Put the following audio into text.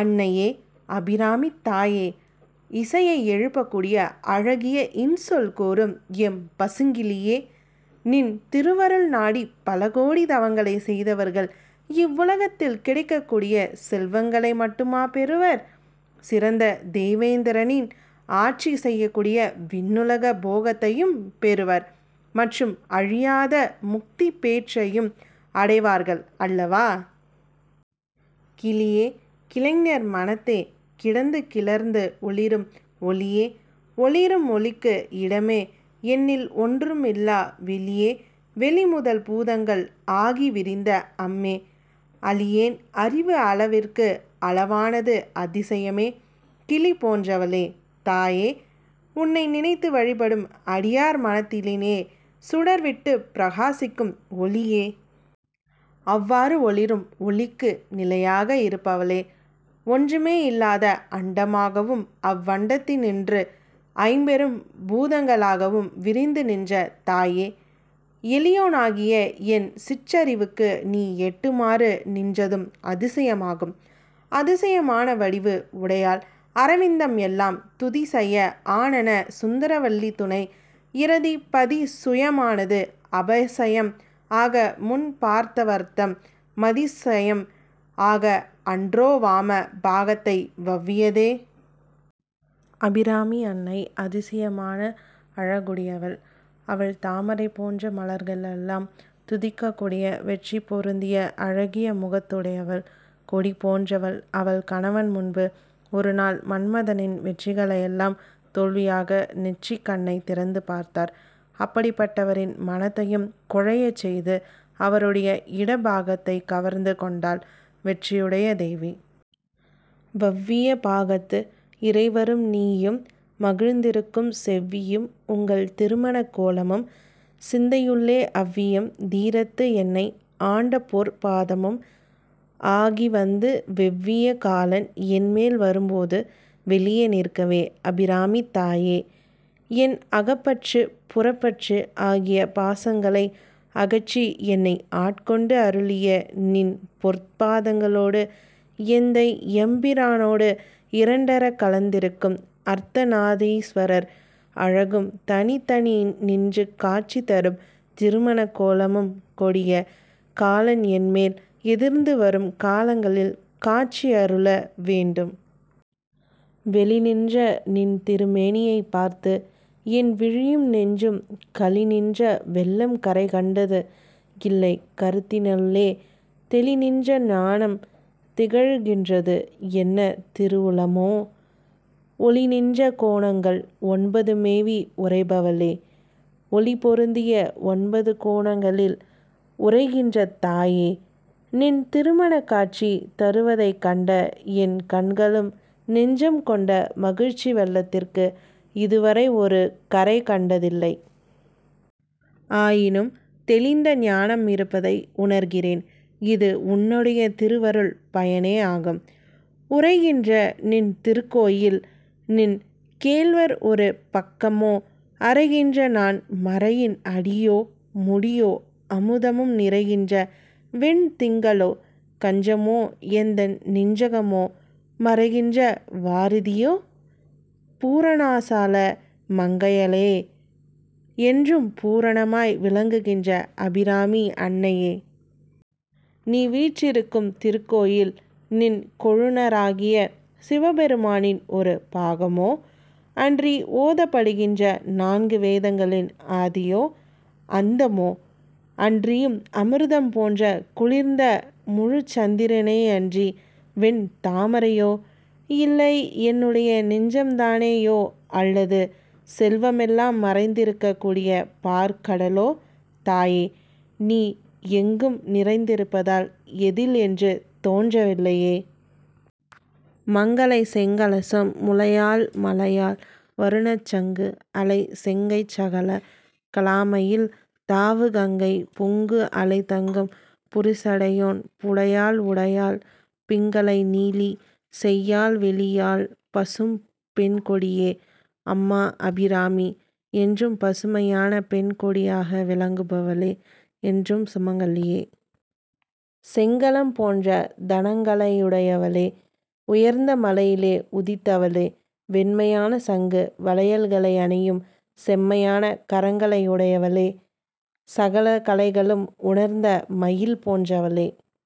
அன்னையே! அபிராமித் தாயே! இசையை எழுப்பக்கூடிய அழகிய இன்சொல் கூறும் எம் பசுங்கிளியே! நின் திருவருள் நாடிப் பலகோடி தவங்களைச் செய்தவர்கள் இவ்வுலகத்தில் கிடைக்கக் கூடிய செல்வங்களை மட்டுமா பெறுவர்? சிறந்த தேவேந்திரன் ஆட்சி செய்யக்கூடிய விண்ணுலக போகத்தையும் பெறுவர். மற்றும் அழியாத முக்திப் பேற்றையும் அடைவார்கள் அல்லவா! கிளியே கிளைஞர் மனத்தே கிடந்து கிளர்ந்து ஒளிரும் ஒளியே ஒளிரும் ஒளிக்கு இடமே எண்ணில் ஒன்றும் இல்லா வெளியே வெளி முதல் பூதங்கள் ஆகி விரிந்த அம்மே. அளியேன் அறிவு அளவிற்கு அளவானது அதிசயமே. கிளி போன்றவளே! தாயே! உன்னை நினைந்து வழிபடும் அடியார் மனத்தினிலே சுடர் விட்டுப் பிரகாசிக்கும் ஒளியே! அவ்வாறு ஒளிரும் ஒளிக்கு நிலையாக இருப்பவளே! ஒன்றுமே இல்லாத அண்டமாகவும் அவ்வண்டத்தினின்று ஐம்பெரும் பூதங்களாகவும் விரிந்து நின்ற தாயே! எளியேனாகிய என் சிற்றறிவுக்கு நீ எட்டுமாறு நின்றதும் அதிசயமாகும்! அதிசயம் ஆன வடிவு உடையாள் அரவிந்தம் எல்லாம் துதி சய ஆனன சுந்தரவல்லி துணை இரதி பதி சயமானது அபசயம் ஆக முன் பார்த்தவர்தம் மதி சயம் ஆக அன்றோ வாம பாகத்தை வவ்வியதே? அபிராமி அன்னை அதிசயமான அழகுடையவள்! அவள் தாமரை போன்ற மலர்களெல்லாம் துதிக்கக் கூடிய வெற்றி பொருந்திய அழகிய முகத்தையுடையவள் கொடி போன்றவள் அவள் கணவன் முன்பு ஒருநாள் மன்மதனின் வெற்றிகளையெல்லாம் தோல்வியாக நெற்றிக் கண்ணைத் திறந்து பார்த்தார். அப்படிப்பட்டவரின் மனத்தையும் குழையச் செய்து அவருடைய இடப் பாகத்தைக் கவர்ந்து கொண்டாள், வெற்றியுடைய தேவி. வவ்விய பாகத்து இறைவரும் நீயும் மகிழ்ந்திருக்கும் செவ்வியும் உங்கள் திருமணக் கோலமும் சிந்தையுள்ளே அவ்வியம் தீர்த்து என்னை ஆண்டபொற் பாதமும் ஆகிவந்து வெவ்விய காலன் என்மேல் வரும்போது வெளி நிற்கவே. அபிராமித் தாயே! என் அகப்பற்று புறப்பற்று ஆகிய பாசங்களை அகற்றி என்னை ஆட்கொண்டு அருளிய நின் பொற்பாதங்களோடு எந்தை எம்பிரானோடு இரண்டறக் கலந்திருக்கும் அர்த்த நாரீஸ்வரர் அழகும் தனித்தனி நின்று காட்சி தரும் திருமணக்கோலமும் கொடிய காலன் என்மேல் எதிர்த்து வரும் காலங்களில் காட்சியருள வேண்டும். வெளிநின்ற நின்திருமேனியைப் பார்த்து என் விழியும் நெஞ்சும் களிநின்ற வெள்ளம் கரைகண்டது இல்லை கருத்தினுள்ளே தெளிநின்ற ஞானம் திகழ்கின்றது என்ன திருவுளமோ? ஒளிநின்ற கோணங்கள் ஒன்பதும் மேவி உறைபவளே. ஒளி பொருந்திய ஒன்பது கோணங்களில் உறைகின்ற தாயே! நின் திருமணக் காட்சி தருவதைக் கண்ட என் கண்களும் நெஞ்சும் கொண்ட மகிழ்ச்சி வெள்ளத்திற்கு இதுவரை ஒரு கரை கண்டதில்லை. ஆயினும் தெளிந்த ஞானம் இருப்பதை உணர்கிறேன். இது உன்னுடைய திருவருள் பயனேயாகும். உறைகின்ற நின் திருக்கோயில்-நின் கேள்வர் ஒரு பக்கமோ அறைகின்ற நான் மறையின் அடியோ முடியோ அமுதம் நிறைகின்ற வெண் திங்களோ கஞ்சமோ எந்தன் நெஞ்சகமோ மறைகின்ற வாரிதியோ? பூரணாசல மங்கலையே. என்றும் பூரணமாய் விளங்குகின்ற அபிராமி அன்னையே! நீ வீற்றிருக்கும் திருக்கோயில் நின் கொழுநராகிய சிவபெருமானின் ஒரு பாகமோ? அன்றி ஓதப்படுகின்ற நான்கு வேதங்களின் ஆதியோ? அந்தமோ? அன்றியும் அமிர்தம் போன்ற குளிர்ந்த முழுச்சந்திரனேயன்றி வெண் தாமரையோ? இல்லை என்னுடைய நெஞ்சம்தானேயோ அல்லது செல்வமெல்லாம் மறைந்திருகக் கூடிய பாற் கடலோ? தாயே! நீ எங்கும் நிறைந்திருப்பதால் எதில் என்று தோன்றவில்லையே! மங்கலை செங்கலசம் முலையாள் மலையாள் வருணச் சங்கு அலை செங்கைச் சகல கலாமயில் தாவு கங்கை பொங்கு அலை தங்கும் புரிசடையோன் புடையாள் உடையாள் பிங்கலை நீலி செய்யாள் வெளியாள் பசும் பெண்கொடியே. அம்மா அபிராமி! என்றும் பசுமையான பெண் கொடியாக விளங்குபவளே! என்றும் சுமங்கலியே! செங்கலசம் போன்ற தனங்களையுடையவளே! உயர்ந்த மலையிலே உதித்தவளே! வெண்மையான சங்கு வளையல்களை அணியும் செம்மையான கரங்களையுடையவளே! சகல கலைகளும் உணர்ந்த மயில் போன்றவளே!